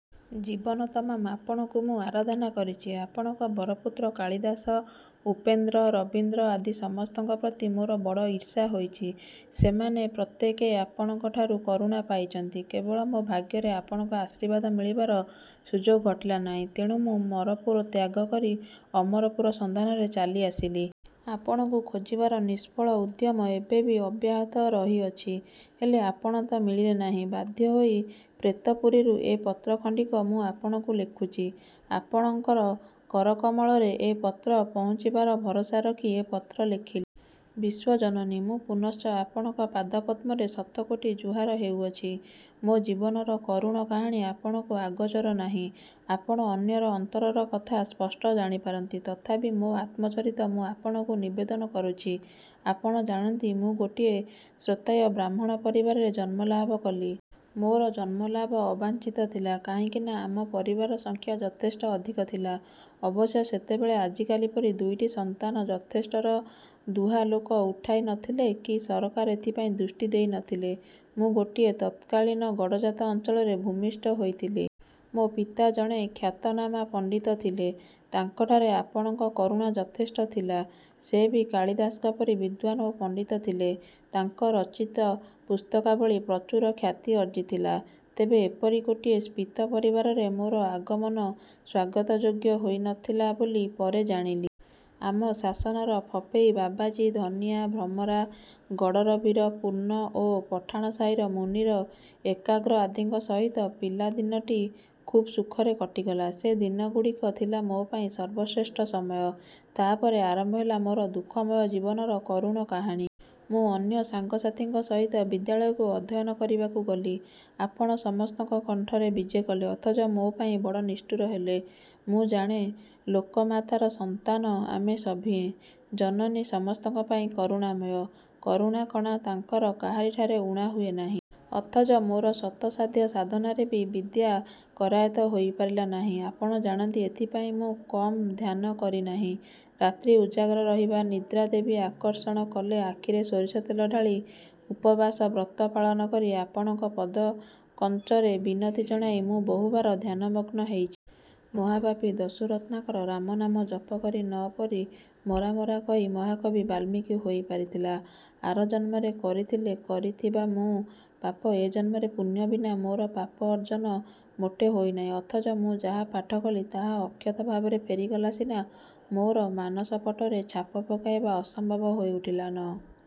ଜୀବନ ତମାମ ଆପଣଙ୍କୁ ମୁଁ ଆରାଧନା କରିଚି। ଆପଣଙ୍କ ବରପୁତ୍ର କାଳିଦାସ, ଉପେନ୍ଦ୍ର, ରବୀନ୍ଦ୍ର ଆଦି ସମସ୍ତଙ୍କ ପ୍ରତି ମୋର ବଡ଼ ଈର୍ଷା ହୋଇଚି। ସେମାନେ ପ୍ରତ୍ୟେକେ ଆପଣଙ୍କଠାରୁ କରୁଣା ପାଇଚନ୍ତି। କେବଳ ମୋ ଭାଗ୍ୟରେ ଆପଣଙ୍କ ଆଶୀର୍ବାଦ ମିଳିବାର ସୁଯୋଗ ଘଟିଲା ନାହିଁ। ତେଣୁ ମୁଁ ମରପୁର ତ୍ୟାଗ କରି ଅମରପୁର ସନ୍ଧାନରେ ଚାଲି ଆସିଲି। ଆପଣଙ୍କୁ ଖୋଜିବାର ନିଷ୍ଫଳ ଉଦ୍ୟମ ଏବେ ବି ଅବ୍ୟାହତ ରହି ଅଛି। ହେଲେ ଆପଣ ତ ମିଳିଲେ ନାହିଁ, ବାଧ୍ୟ ହୋଇ ପ୍ରେତପୁରୀରୁ ଏ ପତ୍ର ଖଣ୍ଡିକ ମୁଁ ଆପଣଙ୍କୁ ଲେଖୁଚି। ଆପଣଙ୍କର କରକମଳରେ ଏ ପତ୍ର ପହୁଞ୍ଚିବାର ଭରସା ରଖି ଏ ପତ୍ର ଲେଖିଲି। ବିଶ୍ୱଜନନୀ, ମୁଁ ପୁନଶ୍ଚ ଆପଣଙ୍କ ପାଦ-ପଦ୍ମରେ ଶତକୋଟି ଜୁହାର ହେଉଅଛି। ମୋ ଜୀବନର କରୁଣ କାହାଣୀ ଆପଣଙ୍କୁ ଅଗୋଚର ନାହିଁ। ଆପଣ ଅନ୍ୟର ଅନ୍ତରର କଥା ସ୍ପଷ୍ଟ ଜାଣିପାରନ୍ତି। ତଥାପି ମୋ ଆତ୍ମଚରିତ ମୁଁ ଆପଣଙ୍କୁ ନିବେଦନ କରୁଛି। ଆପଣ ଜାଣନ୍ତି, ମୁଁ ଗୋଟିଏ ଶ୍ରୋତ୍ରୀୟ ବ୍ରାହ୍ମଣ ପରିବାରରେ ଜନ୍ମଲାଭ କଲି। ମୋର ଜନ୍ମଲାଭ ଅବାଞ୍ଛିତ ଥିଲା। କାହିଁକି ନା, ଆମ ପରିବାରର ସଂଖ୍ୟା ଯଥେଷ୍ଟ ଅଧିକ ଥିଲା। ଅବଶ୍ୟ ସେତେବେଳେ ଆଜିକାଲି ପରି ଦୁଇଟି ସନ୍ତାନ ଯଥେଷ୍ଟର ଦୁହା ଲୋକେ ଉଠାଇ ନ ଥିଲେ, କି ସରକାର ଏଥିପାଇଁ ଦୃଷ୍ଟି ଦେଇ ନ ଥିଲେ। ମୁଁ ଗୋଟିଏ ତତ୍କାଳିନ ଗଡ଼ଜାତ ଅଞ୍ଚଳରେ ଭୂମିଷ୍ଠ ହୋଇଥିଲି। ମୋର ପିତା ଜଣେ ଖ୍ୟାତନାମା ପଣ୍ଡିତ ଥିଲେ। ତାଙ୍କଠାରେ ଆପଣଙ୍କ କରୁଣା ଯଥେଷ୍ଟ ଥିଲା। ସେ ବି କାଳିଦାସଙ୍କ ପରି ବିଦ୍ୱାନ୍ ଓ ପଣ୍ଡିତ ଥିଲେ। ତାଙ୍କ ରଚିତ ପୁସ୍ତକାବଳୀ ପ୍ରଚୁର ଖ୍ୟାତି ଅର୍ଜ୍ଜିଥିଲା। ତେବେ ଏପରି ଗୋଟିଏ ସ୍ଫୀତ ପରିବାରରେ ମୋର ଆଗମନ ସ୍ୱାଗତଯୋଗ୍ୟ ହୋଇ ନ ଥିଲା ବୋଲି ପରେ ଜାଣିଲି। ଆମ ଶାସନର ଫପେଇ ବାବାଜୀ, ଧନିଆ, ଭ୍ରମରା, ଗଡ଼ର ବୀର, ପୂର୍ଣ୍ଣ ଓ ପଠାଣ ସାହିର ମୁନିର, ଏକାମ୍ର ଆଦିଙ୍କ ସହିତ ପିଲାଦିନଟି ଖୁବ୍ ସୁଖରେ କଟିଗଲା। ସେ ଦିନଗୁଡ଼ିକ ଥିଲା ମୋ ପାଇଁ ସର୍ବଶ୍ରେଷ୍ଟ ସମୟ। ତା'ପରେ ଆରମ୍ଭ ହେଲା ମୋର ଦୁଃଖମୟ ଜୀବନର କରୁଣ କାହାଣୀ। ମୁଁ ଅନ୍ୟ ସାଙ୍ଗ ସାଥୀଙ୍କ ସହିତ ବିଦ୍ୟାଳୟକୁ ଅଧୟନ କରିବାକୁ ଗଲି। ଆପଣ ସମସ୍ତଙ୍କ କଣ୍ଠରେ ବିଜେ କଲେ; ଅଥଚ ମୋ ପାଇଁ ବଡ଼ ନିଷ୍ଠୁର ହେଲେ-। ମୁଁ ଜାଣେ, ଲୋକମାତାର ସନ୍ତାନ ଆମେ ସଭିଏ। ଜନନୀ ସମସ୍ତଙ୍କ ପାଇଁ କରୁଣାମୟ-। କରୁଣା-କଣା ତାଙ୍କର କାହାରିଠାରେ ଊଣା ହୁଏ ନାହିଁ। ଅଥଚ ମୋର ଶତ ସାଧ୍ୟ ସାଧନାରେ ବି ବିଦ୍ୟା କରାୟତ୍ତ ହୋଇପାରିଲା ନାହିଁ; ଆପଣ ଜାଣନ୍ତି, ଏଥିପାଇଁ ମୁଁ କମ୍ ଧ୍ୟାନ କରି ନାହିଁ। ରାତ୍ରି ଉଜାଗର ରହିବା, ନିଦ୍ରା ଦେବୀ ଆକର୍ଷଣ କଲେ ଆଖିରେ ସୋରିଷ ତେଳ ଢ଼ାଳି, ଉପବାସ ବ୍ରତ ପାଳନ କରି, ଆପଣଙ୍କ ପଦ କଞ୍ଜରେ ବିନତି ଜଣାଇ ମୁଁ ବହୁବାର ଧ୍ୟାନମଗ୍ନ ହେଇଚି। ମହାପାପୀ ଦସ୍ୟୁ ରତ୍ନାକର 'ରାମ' ନାମ ଜପ କରି ନ ପରି 'ମରା' 'ମରା' କହି ମହାକବି ବାଲ୍ମୀକି ହୋଇ ପାରିଥିଲା। ଆର ଜନ୍ମରେ କରିଥିଲେ କରିଥିବା ମୁଁ ପାପ, ଏ ଜନ୍ମରେ ପୁଣ୍ୟ ବିନା ମୋର ପାପ ଅର୍ଜ୍ଜନ ମୋଟେ ହୋଇନାହିଁ। ଅଥଚ ମୁଁ ଯାହା ପାଠ କଲି ତାହା ଅକ୍ଷତ ଭାବରେ ଫେରିଗଲା ସିନା; ମୋର ମାନସପଟରେ ଛାପ ପକାଇବା ଅସମ୍ଭବ ହୋଇ ଉଠିଲା। ନ